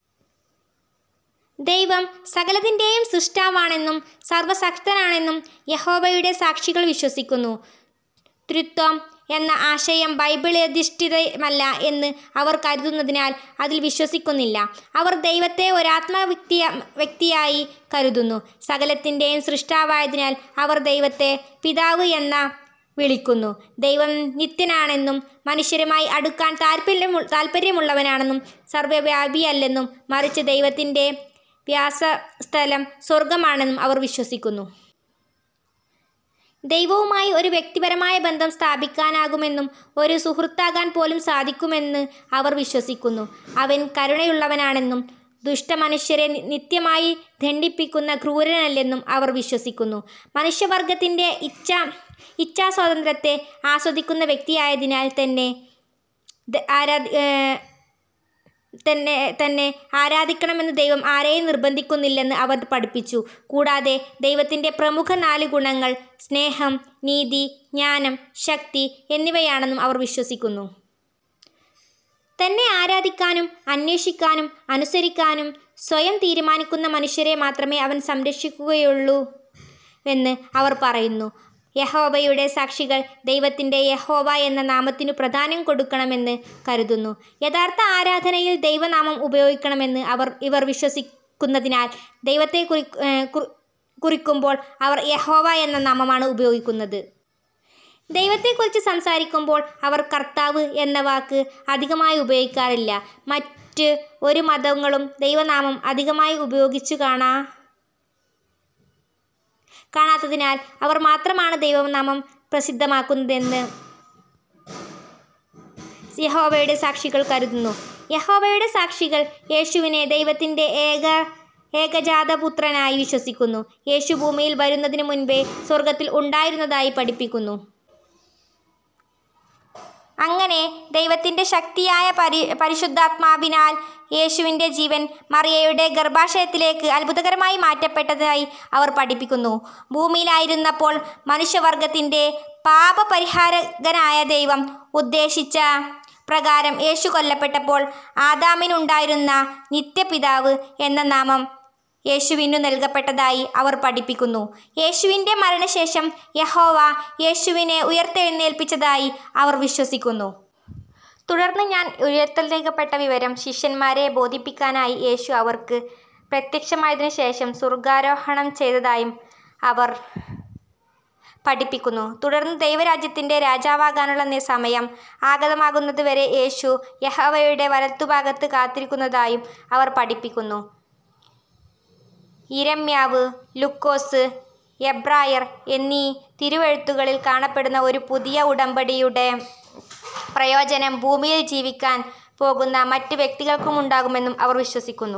ദൈവം സകലത്തിന്റെയും സ്രഷ്ടാവാണെന്നും സർവ്വശക്തനാണെന്നും യഹോവയുടെ സാക്ഷികൾ വിശ്വസിക്കുന്നു. ത്രിത്വം എന്ന ആശയം ബൈബിളധിഷ്ഠിതമല്ല എന്ന് അവർ കരുതുന്നതിനാൽ അതിൽ വിശ്വസിക്കുന്നില്ല. അവർ ദൈവത്തെ ഒരാത്മവ്യക്തിയായി കരുതുന്നു, സകലത്തിന്റെ സ്രഷ്ടാവായതിനാൽ അവർ ദൈവത്തെ പിതാവ് എന്ന് വിളിക്കുന്നു. ദൈവം നിത്യനാണെന്നും, മനുഷ്യരുമായി അടുക്കാൻ താല്പര്യമുള്ളവനാണെന്നും, സർവ്വവ്യാപിയല്ലെന്നും മറിച്ച് ദൈവത്തിന്റെ വാസസ്ഥലം സ്വർഗ്ഗമാണെന്നും അവർ വിശ്വസിക്കുന്നു. ദൈവവുമായി ഒരു വ്യക്തിപരമായ ബന്ധം സ്ഥാപിക്കാനാകുമെന്നും, ഒരു സുഹൃത്താകാൻ പോലും സാധിക്കുമെന്ന് അവർ വിശ്വസിക്കുന്നു. അവൻ കരുണയുള്ളവനാണെന്നും, ദുഷ്ടമനുഷ്യരെ നിത്യമായി ദണ്ഡിപ്പിക്കുന്ന ക്രൂരനല്ലെന്നും അവർ വിശ്വസിക്കുന്നു. മനുഷ്യവർഗ്ഗത്തിന്റെ ഇച്ഛ ഇച്ഛാസ്വാതന്ത്ര്യത്തെ ആസ്വദിക്കുന്ന വ്യക്തിയായതിനാൽ, തന്നെ തന്നെ തന്നെ ആരാധിക്കണമെന്ന് ദൈവം ആരെയും നിർബന്ധിക്കുന്നില്ലെന്ന് അവർ പഠിപ്പിക്കുന്നു. കൂടാതെ ദൈവത്തിന്റെ പ്രമുഖ നാല് ഗുണങ്ങൾ സ്നേഹം, നീതി, ജ്ഞാനം, ശക്തി എന്നിവയാണെന്നും അവർ വിശ്വസിക്കുന്നു. തന്നെ ആരാധിക്കാനും, അന്വേഷിക്കാനും, അനുസരിക്കാനും സ്വയം തീരുമാനിക്കുന്ന മനുഷ്യരെ മാത്രമേ അവൻ സംരക്ഷിക്കുകയുള്ളുവെന്ന് അവർ പറയുന്നു. യഹോവയുടെ സാക്ഷികൾ ദൈവത്തിന്റെ യഹോവ എന്ന നാമത്തിനു പ്രാധാന്യം കൊടുക്കണമെന്ന് കരുതുന്നു. യഥാർഥ ആരാധനയിൽ ദൈവനാമം ഉപയോഗിക്കണമെന്ന് അവർഇവർ വിശ്വസിക്കുന്നതിനാൽ, ദൈവത്തെകുറിക്കുമ്പോൾ അവർ യഹോവ എന്ന നാമമാണ് ഉപയോഗിക്കുന്നത്. ദൈവത്തെക്കുറിച്ച് സംസാരിക്കുമ്പോൾ അവർ "കർത്താവ്" എന്ന വാക്ക് അധികമായി ഉപയോഗിക്കാറില്ല. മറ്റ് ഒരു മതങ്ങളും ദൈവനാമം അധികമായി ഉപയോഗിച്ചു കാണാ കാണാത്തതിനാൽ അവർ മാത്രമാണ് ദൈവനാമം പ്രസിദ്ധമാക്കുന്നതെന്ന് യഹോവയുടെ സാക്ഷികൾ കരുതുന്നു. യഹോവയുടെ സാക്ഷികൾ യേശുവിനെ ദൈവത്തിന്റെ ഏക ഏകജാതപുത്രനായി വിശ്വസിക്കുന്നു, യേശു ഭൂമിയിൽ വരുന്നതിനു മുൻപേ സ്വർഗത്തിൽ ഉണ്ടായിരുന്നതായി പഠിപ്പിക്കുന്നു. അങ്ങനെ ദൈവത്തിന്റെ ശക്തിയായ പരിശുദ്ധാത്മാവിനാൽ യേശുവിന്റെ ജീവൻ മറിയയുടെ ഗർഭാശയത്തിലേക്ക് അത്ഭുതകരമായി മാറ്റപ്പെട്ടതായി അവർ പഠിപ്പിക്കുന്നു. ഭൂമിയിലായിരുന്നപ്പോൾ മനുഷ്യവർഗ്ഗത്തിന്റെ പാപപരിഹാരകനായി ദൈവം ഉദ്ദേശിച്ച പ്രകാരം യേശു കൊല്ലപ്പെട്ടപ്പോൾ, അദാമിനു ഉണ്ടായിരുന്ന "നിത്യപിതാവ്" എന്ന നാമം യേശുവിനു നൽകപ്പെട്ടതായി അവർ പഠിപ്പിക്കുന്നു. യേശുവിന്റെ മരണശേഷം യഹോവ യേശുവിനെ ഉയർത്തെഴുന്നേൽപ്പിച്ചതായി അവർ വിശ്വസിക്കുന്നു. തുടർന്ന് താൻ ഉയർത്തേഴുന്നേൽക്കപ്പെട്ട വിവരം ശിഷ്യന്മാരെ ബോധിപ്പിക്കാനായി യേശു അവർക്ക് പ്രത്യക്ഷമായതിനു ശേഷം, സ്വർഗ്ഗാരോഹണം ചെയ്തതായും അവർ പഠിപ്പിക്കുന്നു. തുടർന്ന് ദൈവരാജ്യത്തിന്റെ രാജാവാകാനുള്ള സമയം ആഗതമാകുന്നതു വരെ യേശു യഹോവയുടെ വലത്തുഭാഗത്ത് കാത്തിരുന്നതായും അവർ പഠിപ്പിക്കുന്നു. യിരെമ്യാവ്, ലുക്കൊസ്, എബ്രായർ; എന്നീ തിരുവെഴുത്തുകളിൽ കാണപ്പെടുന്ന ഒരു "പുതിയ ഉടമ്പടിയുടെ" മദ്ധ്യസ്ഥനാണ് യേശുവെന്നും, ആ ഉടമ്പടിയുടെ പ്രയോജനം ഭൂമിയിൽ ജീവിക്കാൻ പോകുന്ന മറ്റ് വ്യക്തികൾക്കുമുണ്ടാകുമെന്നും അവർ വിശ്വസിക്കുന്നു.